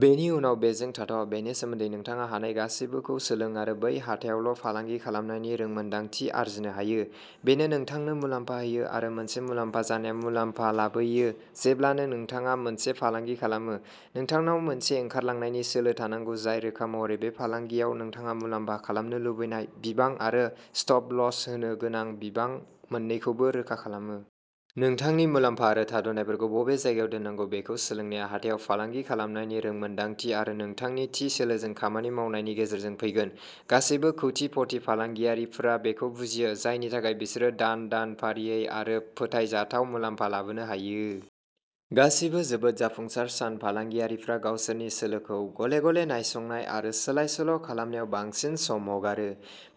बेनि उनाव बेजों थाथ'। बेनि सोमोन्दै नोंथाङा हानाय गासैबोखौ सोलों आरो बै हाथायावल'फालांगि खालामनायनि रोंमोनदांथि आरजिनो हायो। बेनो नोंथांनो मुलाम्फा होयो, आरो मोनसे मुलाम्फा जानाया मुलाम्फा लाबोयो। जेब्लानो नोंथाङा मोनसे फालांगि खालामो, नोंथांनाव मोनसे ओंखारलांनायनि सोलो थानांगौ जाय रोखा महरै बे फालांगियाव नोंथाङा मुलाम्फा खालामनो लुबैनाय बिबां आरो स्टप लस होनो गोनां बिबां मोन्नैखौबो रोखा खालामो। नोंथांनि मुलाम्फा आरो थाद'नायफोरखौ बबे जायगायाव दोननांगौ बेखौ सोलोंनाया हाथायाव फालांगि खालामनायनि रोंमोनदांथि आरो नोंथांनि थि सोलोजों खामानि मावनायनि गेजेरजों फैगोन। गासैबो कौटिपति फालांगियारिफोरा बेखौ बुजियो, जायनि थाखाय बिसोरो दान-दान फारियै आरो फोथायजाथाव मुलाम्फा लाबोनो हायो। गासैबो जोबोद जाफुंसार सान फालांगियारिफोरा गावसोरनि सोलोखौ गले-गले नायसंनाय आरो सोलाय-सोल'खालामनायाव बांसिन सम हगारो।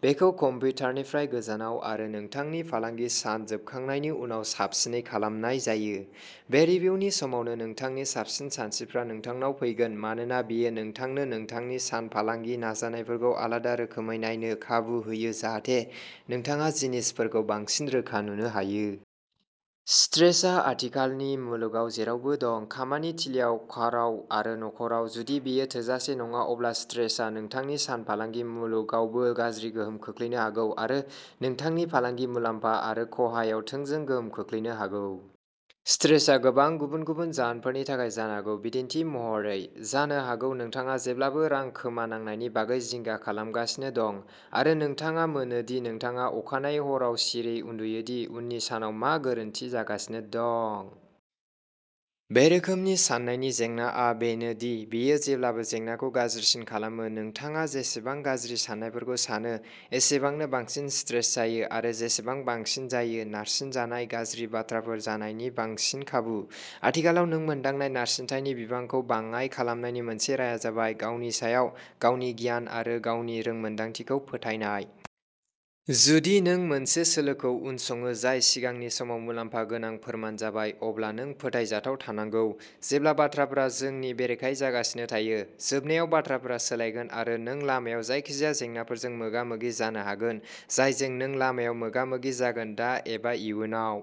बेखौ कम्पिउटारनिफ्राय गोजानाव आरो नोंथांनि फालांगि सान जोबखांनायनि उनाव साबसिनै खालामनाय जायो। बे रिभिउनि समावनो नोंथांनि साबसिन सानस्रिफोरा नोंथांनाव फैगोन, मानोना बेयो नोंथांनो नोंथांनि सान फालांगि नाजानायफोरखौ आलादा रोखोमै नायनो खाबु होयो जाहाथे नोंथाङा जिनिसफोरखौ बांसिन रोखा नुनो हायो। स्ट्रेसआ आथिखालनि मुलुगाव जेरावबो दं। खामानि थिलिआव, काराव, आरो नख'राव। जुदि बेयो थोजासे नङा, अब्ला स्ट्रेसआ नोंथांनि सान फालांगि मुलुगावबो गाज्रि गोहोम खोख्लैनो हागौ, आरो नोंथांनि फालांगि मुलाम्फा आरो खहायाव थोंजों गोहोम खोख्लैनो हागौ। स्ट्रेसआ गोबां गुबुन-गुबुन जाहोनफोरनि थाखाय जानो हागौ। बिदिन्थि महरै, जानो हागौ नोंथाङा जेब्लाबो रां खोमानांनायनि बागै जिंगा खालामगासिनो दं, आरो नोंथाङा मोनो दि नोंथाङा अखानायै हराव सिरियै उन्दुयो दि उननि सानाव मा मा गोरोन्थि जागासिनो दं? बे रोखोमनि साननायनि जेंनाआ बेनो दि बेयो जेब्लाबो जेंनाखौ गाज्रिसिन खालामो। नोंथाङा जेसेबां गाज्रि साननायफोरखौ सानो, एसेबांनो बांसिन स्ट्रेस जायो, आरो जेसेबां बांसिन जायो। नारसिनजानाय, गाज्रि बाथ्राफोर जानायनि बांसिन खाबु। आथिखालाव नों मोनदांनाय नारसिनथायनि बिबांखौ बाङाइ खालामनायनि मोनसे राहाया जाबाय गावनि सायाव, गावनि गियान आरो गावनि रोंमोन्दांथिखौ फोथायनाय। जुदि नों मोनसे सोलोखौ उनसङो जाय सिगांनि समाव मुलाम्फा गोनां फोरमान जाबाय, अब्ला नों फोथायजाथाव थानांगौ, जेब्ला बाथ्राफोरा नोंनि बेरेखायै जागासिनो थायो। जोबनायाव बाथ्राफोरा सोलायगोन, आरो नों लामायाव जायखिजाया जेंनाफोरजों मोगा-मोगि जानो हागोन, जायजों नों लामायाव मोगा-मोगि जागोन, दा एबा इयुनाव।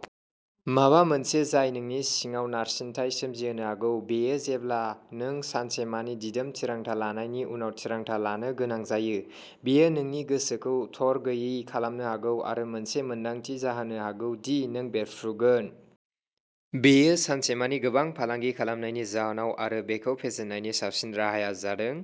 माबा मोनसे जाय नोंनि सिङाव नारसिनथाय सोमजिहोनो हागौ, बेयो जेब्ला नों सानसेमानि दिदोम थिरांथा लानायनि उनाव थिरांथा लानो गोनां जायो। बेयो नोंनि गोसोखौ थरगैयि खालामनो हागौ आरो मोनसे मोन्दांथि जाहोनो हागौ दि नों बेरफ्रुगोन। बेयो सानसेमानि गोबां फालांगि खालामनायनि जाहोनाव जायो, आरो बेखौ फेजेननायनि साबसिन राहाया जादों